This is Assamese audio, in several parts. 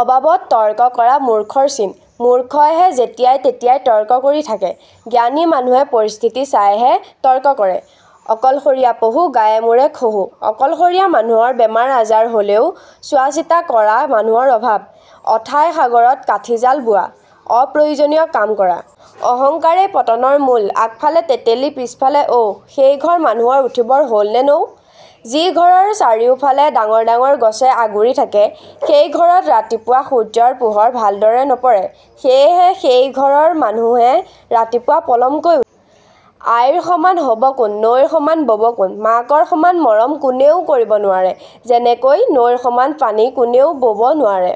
অবাবত তৰ্ক কৰা মূৰ্খৰ চিন: মূৰ্খইহে যেতিয়াই তেতিয়াই তৰ্ক কৰি থাকে, জ্ঞানী মানুহে পৰিস্থিতি চাইহে তৰ্ক কৰে। অকলশৰীয়া পহু, গায়ে মূৰে খহু: অকলশৰীয়া মানুহৰ বেমাৰ-আজাৰ হ'লেও চোৱা-চিতা কৰা মনুহৰ অভাৱ। অথাই সাগৰত কাঠীজাল বোৱা: অপ্ৰয়োজনীয় কাম কৰা। অহঙ্কাৰেই পতনৰ মূল আগফালে তেঁতেলী পিছফালে ঔ, সেই ঘৰ মানুহৰ উঠিবৰ হ'ল নে নৌ?: যি ঘৰৰ চাৰিওফালে ডাঙৰ ডাঙৰ গছে আগুৰি থাকে, সেই ঘৰত ৰাতিপুৱা সূৰ্য্যৰ পোহৰ ভালদৰে নপৰে, সেয়েহে সেই ঘৰৰ মানুহে ৰাতিপুৱা পলমকৈ উঠে। আইৰ সমান হ'ব কোন, নৈৰ সমান ব'ব কোন: মাকৰ সমান মৰম কোনেও কৰিব নোৱাৰে, যেনেকৈ নৈৰ সমান পানী কোনেও ব'ব নোৱাৰে।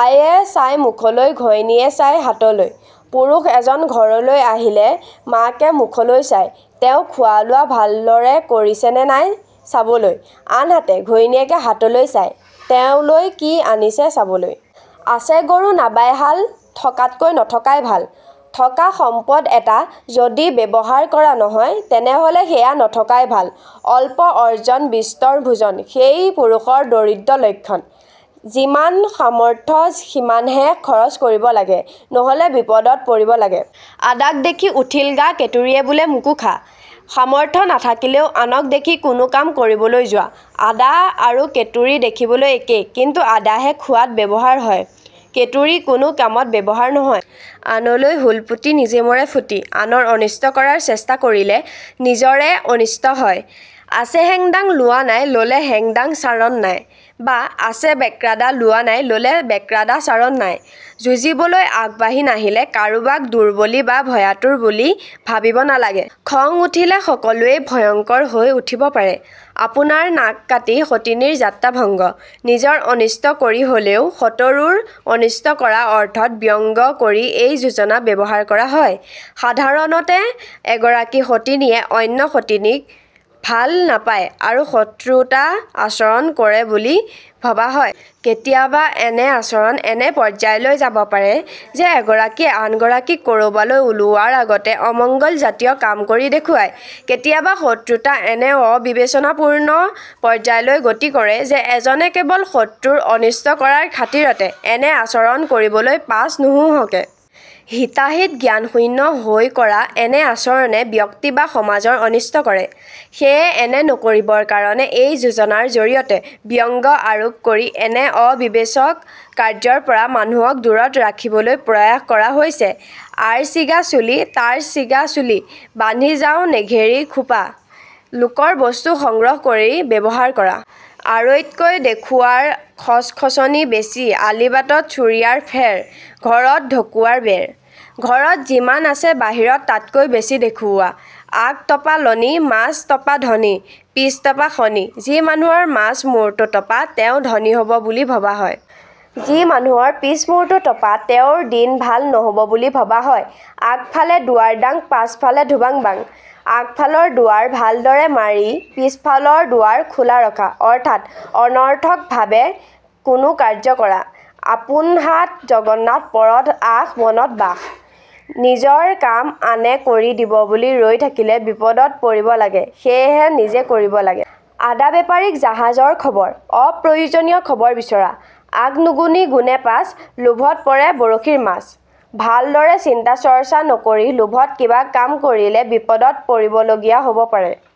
আইয়ে চায় মুখলৈ, ঘৈণীয়ে চায় হাতলৈ: পুৰুষ এজন ঘৰলৈ আহিলে মাকে মুখলৈ চায়, তেওঁ খোৱা লোৱা ভালদৰে কৰিছে নে নাই চাবলৈ; আনহাতে ঘৈণীয়েকে হাতলৈ চায় তেওঁলৈ কি আনিছে চাবলৈ। আছে গৰু নাবাই হাল, থকাতকৈ নথকাই ভাল: থকা সম্পদ এটা যদি ব্যৱহাৰ কৰা নহয়, তেনেহ'লে সেয়া নথকাই ভাল। অল্প আৰ্জন বিস্তৰ ভোজন, সেই পুৰুষৰ দৰিদ্ৰ লক্ষণ: যিমান সামৰ্থ্য সিমানহে খৰচ কৰিব লাগে, নহ'লে বিপদত পৰিব লাগে। আদাক দেখি উঠিল গা, কেঁতুৰিয়ে বোলে মোকো খা: সামৰ্থ্য নাথাকিলেও আনক দেখি কোনো কাম কৰিবলৈ যোৱা। আদা আৰু কেঁতুৰি দেখিবলৈ একে, কিন্তু আদা হে খোৱাত ব্যৱহাৰ হয়, কেঁতুৰি কোনো কামত ব্যৱহাৰ নহয়। আনলৈ হুল পুতি নিজে মৰে ফুটি: আনৰ অনিষ্ট কৰাৰ চেষ্টা কৰিলে নিজৰে অনিষ্ট হয়। আছে হেংদাং, লোৱা নাই; ল'লে হেংদাং চাৰণ নাই বা আছে বেক্ৰা দা, লোৱা নাই; ল'লে বেক্ৰা দা চাৰণ নাই: যুঁজিবলৈ আগবাঢ়ি নাহিলে কাৰোবাক দুৰ্বলী বা ভয়াতুৰ বুলি ভাবিব নালাগে। খং উঠিলে সকলোৱেই ভয়ংকৰ হৈ উঠিব পাৰে। আপোনাৰ নাক কাটি সতিনীৰ যাত্ৰা ভংগ: নিজৰ অনিষ্ট কৰি হ'লেও শতৰুৰ অনিষ্ট কৰা অৰ্থত ব্যংগ কৰি এই যোজনা ব্যৱহাৰ কৰা হয়। সাধাৰণতে এগৰাকী সতিনীয়ে অন্য সতিনীক ভাল নাপায় আৰু শত্ৰুতা আচৰণ কৰে বুলি ভবা হয়। কেতিয়াবা এনে আচৰণ এনে পৰ্যায়লৈ যাব পাৰে যে এগৰাকীয়ে আনগৰাকীক ক'ৰবালৈ ওলাোৱাৰ আগতে অমংগল জাতীয় কাম কৰি দেখুৱায়। কেতিয়াবা শত্ৰুতা এনে অবিবেচনাপূৰ্ণ পৰ্যায়লৈ গতি কৰে যে এজনে কেৱল শত্ৰুৰ অনিষ্ট কৰাৰ খাতিৰতে এনে আচৰণ কৰিবলৈ পাছ নোহোঁহকে। হিতাহিত জ্ঞানশূন্য হৈ কৰা এনে আচৰণে ব্যক্তি বা সমাজৰ অনিষ্ট কৰে। সেয়ে এনে নকৰিবৰ কাৰণে এই যোজনাৰ জৰিয়তে ব্যংগ আৰোপ কৰি এনে অবিবেচক কাৰ্য্যৰপৰা মানুহক দূৰত ৰাখিবলৈ প্ৰয়াস কৰা হৈছে। আৰ ছিগা চুলি, তাৰ ছিগা চুলি, বান্ধি যাওঁ নেঘেৰী খোপা: লোকৰ বস্তু সংগ্ৰহ কৰি ব্যৱহাৰ কৰা। আৰৈতকৈ উখুৱাৰ খচখচনি বেছি আলিবাটত চুৰিয়াৰ ফেৰ, ঘৰত ঢকুৱাৰ বেৰ: ঘৰত যিমান আছে বাহিৰত তাতকৈ বেছি দেখুওৱা। আগ তপা লনী, মাজ তপা ধনী, পিছ তপা শনি: যি মানুহৰ মাজ মূৰটো তপা, তেওঁ ধনী হ'ব বুলি ভবা হয়। যি মানুহৰ পিছ মূৰটো তপা, তেওঁৰ দিন ভাল নহ'ব বুলি ভবা হয়। আগফালে দুৱাৰ দাং, পাছফালে ধোবাং-বাং: আগফালৰ দুৱাৰ ভালদৰে মাৰি পিছফালৰ দুৱাৰ খোলা ৰখা। অৰ্থাৎ অনৰ্থকভাৱে কোনো কাৰ্য্য কৰা। আপোন হাত জগন্নাথ, পৰত আশ, বনত বাস: নিজৰ কাম আনে কৰি দিব বুলি ৰৈ থকিলে বিপদত পৰিব লাগে, সেয়েহে নিজে কৰিব লাগে। আদা বেপাৰীক জাহাজৰ খবৰ: অপ্ৰয়োজনীয় খবৰ বিচৰা। আগ নুগুণি গুণে পাছ, লোভত মৰে বৰশীৰ মাছ: ভালদৰে চিন্তা-চৰ্চা নকৰি লোভত কিবা কাম কৰিলে বিপদত পৰিবলগীয়া হ'ব পাৰে।